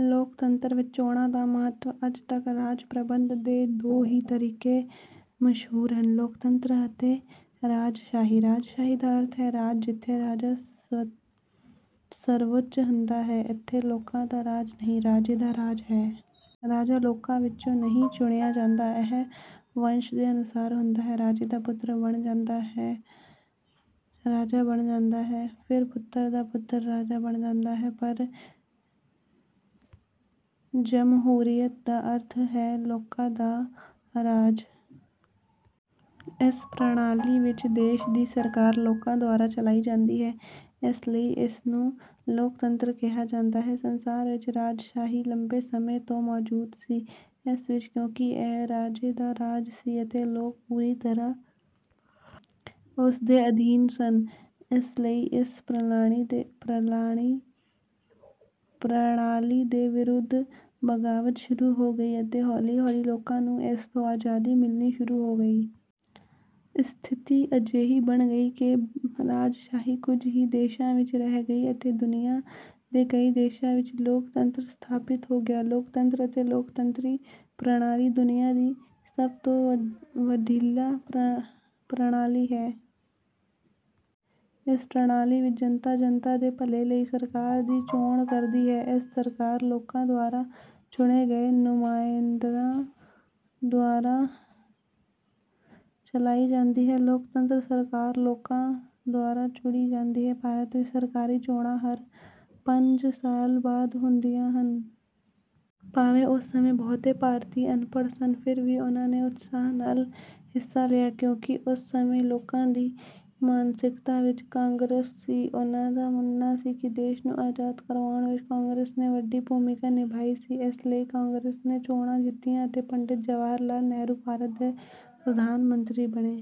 ਲੋਕਤੰਤਰ ਵਿੱਚ ਚੋਣਾਂ ਦਾ ਮਹੱਤਵ ਅੱਜ ਤੱਕ ਰਾਜ ਪ੍ਰਬੰਧ ਦੇ ਦੋ ਹੀ ਤਰੀਕੇ ਮਸ਼ਹੂਰ ਹਨ, ਲੋਕਤੰਤਰ ਅਤੇ ਰਾਜਸ਼ਾਹੀ। ਰਾਜਸ਼ਾਹੀ ਦਾ ਅਰਥ ਹੈ ਰਾਜ ਜਿੱਥੇ ਰਾਜਾ ਸਰਵਉੱਚ ਹੁੰਦਾ ਹੈ। ਇੱਥੇ ਲੋਕਾਂ ਦਾ ਰਾਜ ਨਹੀਂ, ਰਾਜੇ ਦਾ ਰਾਜ ਹੈ। ਰਾਜਾ ਲੋਕਾਂ ਵਿੱਚੋਂ ਨਹੀਂ ਚੁਣਿਆ ਜਾਂਦਾ। ਇਹ ਵੰਸ਼ ਦੇ ਅਨੁਸਾਰ ਹੁੰਦਾ ਹੈ। ਰਾਜੇ ਦਾ ਪੁੱਤਰ ਰਾਜਾ ਬਣ ਜਾਂਦਾ ਹੈ, ਫਿਰ ਪੁੱਤਰ ਦਾ ਪੁੱਤਰ ਰਾਜਾ ਬਣ ਜਾਂਦਾ ਹੈ, ਪਰ ਜਮਹੂਰੀਅਤ ਦਾ ਅਰਥ ਹੈ ਲੋਕਾਂ ਦਾ ਰਾਜ। ਇਸ ਪ੍ਰਣਾਲੀ ਵਿੱਚ ਦੇਸ਼ ਦੀ ਸਰਕਾਰ ਲੋਕਾਂ ਦੁਆਰਾ ਚਲਾਈ ਜਾਂਦੀ ਹੈ, ਇਸ ਲਈ ਇਸਨੂੰ ਲੋਕਤੰਤਰ ਕਿਹਾ ਜਾਂਦਾ ਹੈ। ਸੰਸਾਰ ਵਿੱਚ ਰਾਜਸ਼ਾਹੀ ਲੰਬੇ ਸਮੇਂ ਤੋਂ ਮੌਜੂਦ ਸੀ। ਇਸ ਵਿਚ ਕਿਉਂਕਿ ਇਹ ਰਾਜੇ ਦਾ ਰਾਜ ਸੀ ਅਤੇ ਲੋਕ ਪੂਰੀ ਤਰ੍ਹਾਂ ਉਸ ਦੇ ਅਧੀਨ ਸਨ, ਇਸ ਲਈ ਇਸ ਪ੍ਰਣਾਲੀ ਦੇ ਵਿਰੁੱਧ ਬਗਾਵਤ ਸ਼ੁਰੂ ਹੋ ਗਈ ਅਤੇ ਹੌਲੀ-ਹੌਲੀ ਲੋਕਾਂ ਨੂੰ ਇਸ ਤੋਂ ਆਜ਼ਾਦੀ ਮਿਲਣੀ ਸ਼ੁਰੂ ਹੋ ਗਈ। ਸਥਿਤੀ ਅਜਿਹੀ ਬਣ ਗਈ ਕਿ ਰਾਜਸ਼ਾਹੀ ਕੁਝ ਹੀ ਦੇਸ਼ਾਂ ਵਿਚ ਰਹਿ ਗਈ ਅਤੇ ਦੁਨੀਆ ਦੇ ਕਈ ਦੇਸ਼ਾਂ ਵਿਚ ਲੋਕਤੰਤਰ ਸਥਾਪਿਤ ਹੋ ਗਿਆ। ਲੋਕਤੰਤਰ ਅਤੇ ਲੋਕਤੰਤਰੀ ਪ੍ਰਣਾਲੀ ਦੁਨੀਆਂ ਦੀ ਸਭ ਤੋਂ ਵਧੀਆ ਪ੍ਰਣਾਲੀ ਹੈ। ਇਸ ਪ੍ਰਣਾਲੀ ਵਿੱਚ, ਜਨਤਾ, ਜਨਤਾ ਦੇ ਭਲੇ ਲਈ ਸਰਕਾਰ ਦੀ ਚੋਣ ਕਰਦੀ ਹੈ। ਇਹ ਸਰਕਾਰ ਲੋਕਾਂ ਦੁਆਰਾ ਚੁਣੇ ਗਏ ਨੁਮਾਇੰਦਿਆਂ ਦੁਆਰਾ ਚਲਾਈ ਜਾਂਦੀ ਹੈ। ਲੋਕਤੰਤਰੀ ਸਰਕਾਰ ਲੋਕਾਂ ਦੁਆਰਾ ਚੁਣੀ ਜਾਂਦੀ ਹੈ। ਭਾਰਤ ਵਿੱਚ ਸਰਕਾਰੀ ਚੋਣਾਂ ਹਰ ਪੰਜ ਸਾਲ ਬਾਅਦ ਹੁੰਦੀਆਂ ਹਨ। ਭਾਵੇਂ ਉਸ ਸਮੇਂ ਬਹੁਤੇ ਭਾਰਤੀ ਅਨਪੜ੍ਹ ਸਨ, ਫਿਰ ਵੀ ਉਨ੍ਹਾਂ ਨੇ ਉਤਸ਼ਾਹ ਨਾਲ ਹਿੱਸਾ ਲਿਆ। ਕਿਉਂਕਿ ਉਸ ਸਮੇਂ ਲੋਕਾਂ ਦੀ ਮਾਨਸਿਕਤਾ ਵਿੱਚ ਕਾਂਗਰਸ ਸੀ। ਉਨ੍ਹਾਂ ਦਾ ਮੰਨਣਾ ਸੀ ਕਿ ਦੇਸ਼ ਨੂੰ ਆਜ਼ਾਦ ਕਰਵਾਉਣ ਵਿੱਚ ਕਾਂਗਰਸ ਨੇ ਵੱਡੀ ਭੂਮਿਕਾ ਨਿਭਾਈ ਸੀ, ਇਸ ਲਈ ਕਾਂਗਰਸ ਨੇ ਚੋਣਾਂ ਜਿੱਤੀਆਂ ਅਤੇ ਪੰਡਿਤ ਜਵਾਹਰ ਲਾਲ ਨਹਿਰੂ ਭਾਰਤ ਦੇ ਪ੍ਰਧਾਨ ਮੰਤਰੀ ਬਣੇ।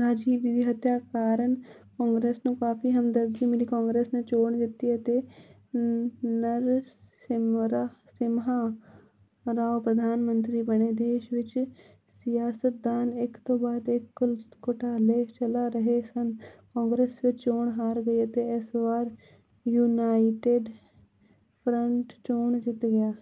ਰਾਜੀਵ ਜੀ ਦੀ ਹੱਤਿਆ ਕਾਰਨ ਕਾਂਗਰਸ ਨੂੰ ਕਾਫੀ ਹਮਦਰਦੀ ਮਿਲੀ। ਕਾਂਗਰਸ ਨੇ ਚੋਣ ਜਿੱਤੀ ਅਤੇ ਨਰਸਿਮਹਾ ਰਾਓ ਪ੍ਰਧਾਨ ਮੰਤਰੀ ਬਣੇ। ਦੇਸ਼ ਵਿੱਚ ਸਿਆਸਤਦਾਨ ਇੱਕ ਤੋਂ ਬਾਅਦ ਇੱਕ ਘੁਟਾਲੇ ਚਲਾ ਰਹੇ ਸਨ। ਕਾਂਗਰਸ ਫਿਰ ਚੋਣ ਹਾਰ ਗਈ ਅਤੇ ਇਸ ਵਾਰ ਯੂਨਾਈਟਿਡ ਫਰੰਟ ਚੋਣ ਜਿੱਤ ਗਿਆ।